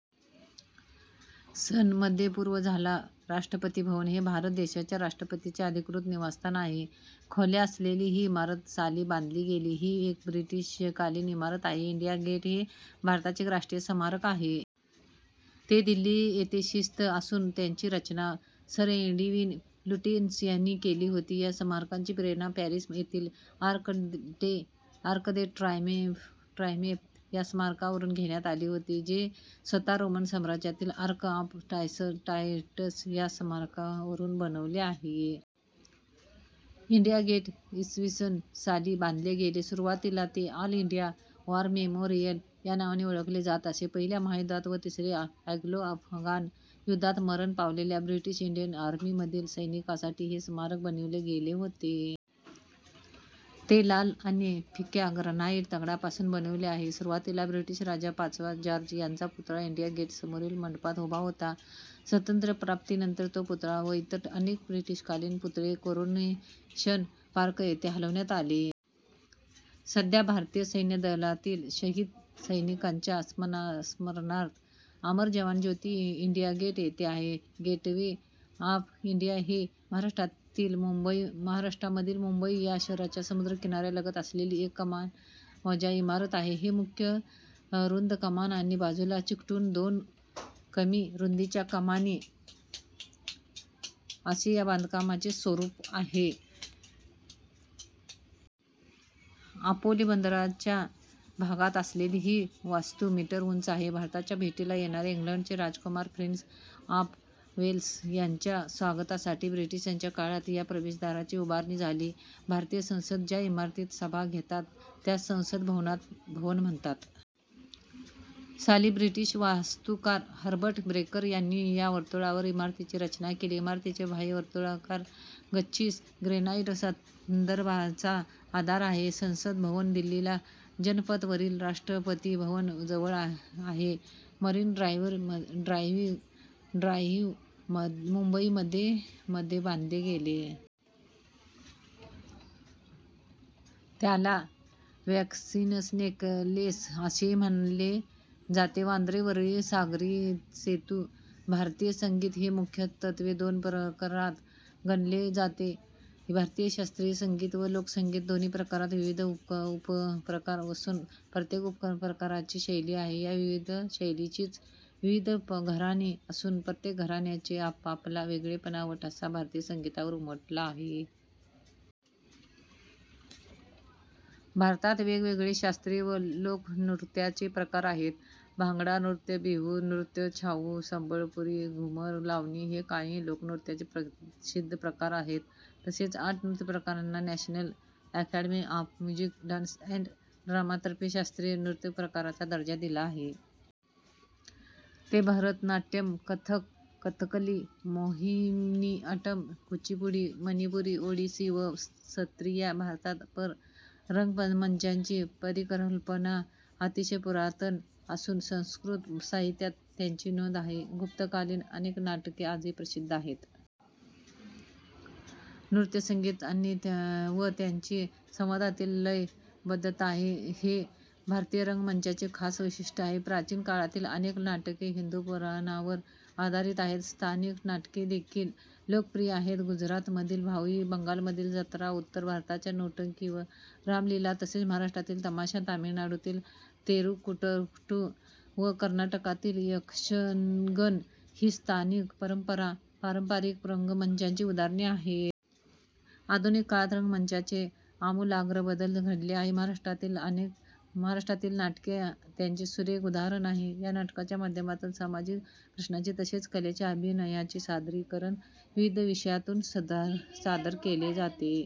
स. मध्ये पूर्ण झाला. राष्ट्रपती भवन हे भारत देशाच्या राष्ट्रपतीचे अधिकृत निवासस्थान आहे. खोल्या असलेली ही इमारत साली बांधली गेली. ही एक ब्रिटिशकालीन इमारत आहे. इंडिया गेट हे भारताचे एक राष्ट्रीय स्मारक आहे. ते दिल्ली येथे स्थित असून त्याची रचना सर एडविन लुटयेन्स यांनी केली होती. या स्मारकाची प्रेरणा पॅरीस येथील आर्क दे ट्रायम्फे या स्मारकावरून घेण्यात आली होती, जे स्वतः रोमन साम्राज्यातील आर्क ऑफ टायटस या स्मारकावरून बनविले आहे. इंडिया गेट इ. स. साली बांधले गेले. सुरुवातीला ते ऑल इंडिया वॉर मेमोरिअल या नावाने ओळखले जात असे. पहिल्या महायुद्धात व तिसरे ॲंग्लो-अफगाण युद्धात मरण पावलेल्या ब्रिटिश इंडियन आर्मीमधील सैनिकांसाठी हे स्मारक बनविले गेले होते. ते लाल आणि फिक्या ग्रॅनाइट दगडांपासून बनविले आहे. सुरुवातीला ब्रिटिश राजा पाचवा जॉर्ज याचा पुतळा इंडिया गेटसमोरील मंडपात उभा होता. स्वातंत्र्यप्राप्तीनंतर तो पुतळा व इतर अनेक ब्रिटिशकालीन पुतळे कोरोनेशन पार्क येथे हलविण्यात आले. सध्या भारतीय सैन्यदलातील शहीद सैनिकांच्या स्मरणार्थ अमर जवान ज्योती इंडिया गेट येथे आहे. गेटवे ऑफ इंडिया हे महाराष्ट्रामधील मुंबई या शहराच्या समुद्र किनाऱ्यालगत असलेली एक कमानवजा इमारत आहे. एक मुख्य रुंद कमान आणि बाजूला चिकटून दोन कमी रुंदीच्या कमानी असे या बांधकामाचे स्वरूप आहे. अपोलो बंदराच्या भागात असलेली ही वास्तू मीटर उंच आहे. भारताच्या भेटीला येणाऱ्या इंग्लंडचे राजकुमार प्रिन्स ऑफ वेल्स यांच्या स्वागतासाठी ब्रिटिशांच्या काळात या प्रवेशद्वाराची उभारणी झाली. भारतीय संसद ज्या इमारतीत सभा घेतात त्यास संसद भवन म्हणतात. – साली ब्रिटिश वास्तुकार हर्बट ब्रेकर यांनी या वर्तुळकार इमारतीची रचना केली. इमारतीचे बाह्य वर्तुळकार गच्छीस ग्रेनाइट स्तंभांचा आधार आहे. संसद भवन दिल्लीला जनपथ वरील राष्ट्रपतीभवन जवळ आहे. मरीन ड्राइव्ह मुंबई मध्ये मध्ये बांधले गेले. त्याला क्वीन'स नेकलेस असेही म्हणले जाते. वांद्रे – वरळी सागरीसेतू भारतीय संगीत हे मुख्यत्वे दोन प्रकारात गणले जाते. भारतीय शास्त्रीय संगीत व लोकसंगीत. दोन्ही प्रकारात विविध उपप्रकार असून प्रत्येक उपप्रकाराची शैली आहे. या विविध शैलींचीच विविध घराणी असून प्रत्येक घराण्याने आपापला वेगळेपणा व ठसा भारतीय संगीतावर उमटवला आहे. भारतात वेगवेगळे शास्त्रीय व लोकनृत्या चे प्रकार आहेत. भांगडा नृत्य, बिहु नृत्य, छाऊ, संबळपुरी, घूमर, लावणी हे काही लोकनृत्याचे प्रसिद्ध प्रकार आहेत. तसेच आठ नृत्यप्रकारांना national academy of music, dance and ड्रामातर्फे शास्त्रिय नृत्यप्रकाराचा दर्जा दिला आहे. ते भरतनाट्यम्, कथ्थक, कथकल्ली, मोहिनीअट्टम्, कुचिपुडी, मणिपुरी, ओडिसी व सत्रीया भारतात पर रंगमंचाची परिकल्पना अतिशय पुरातन असून संस्कृत साहित्यात त्यांची नोंद आहे. गुप्त कालीन अनेक नाटके आजही प्रसिद्ध आहेत. नृत्य, संगीत व त्यांची संवादातील लयबद्धता हे भारतीय रंगमंचाचे खास वैशिष्ट्ये आहे. प्राचीन काळातील अनेक नाटके हिंदू पुराणांवर आधारित आहेत. स्थानिक नाटके देखील लोकप्रिय आहेत. गुजराथमधील भावई, बंगालमधील जत्रा, उत्तर भारताच्या नौटंकी व रामलिला तसेच महाराष्ट्रातील तमाशा, तमिळनाडूतील तेरुकूट्टू व कर्नाटकातील यक्षगण ही स्थानिक पारंपरिक रंगामंचाची उदाहरणे आहेत. आधुनिक काळात रंगमंचामध्ये आमूलाग्र बदल घडले आहेत. महाराष्ट्रातील नाटके त्याचे सुरेख उदाहरण आहे. या नाटकांच्या माध्यमातून सामाजिक प्रश्नांचे तसेच कलेचे, अभिनयाचे सादरीकरण विविध विषयातून सादर केले जाते.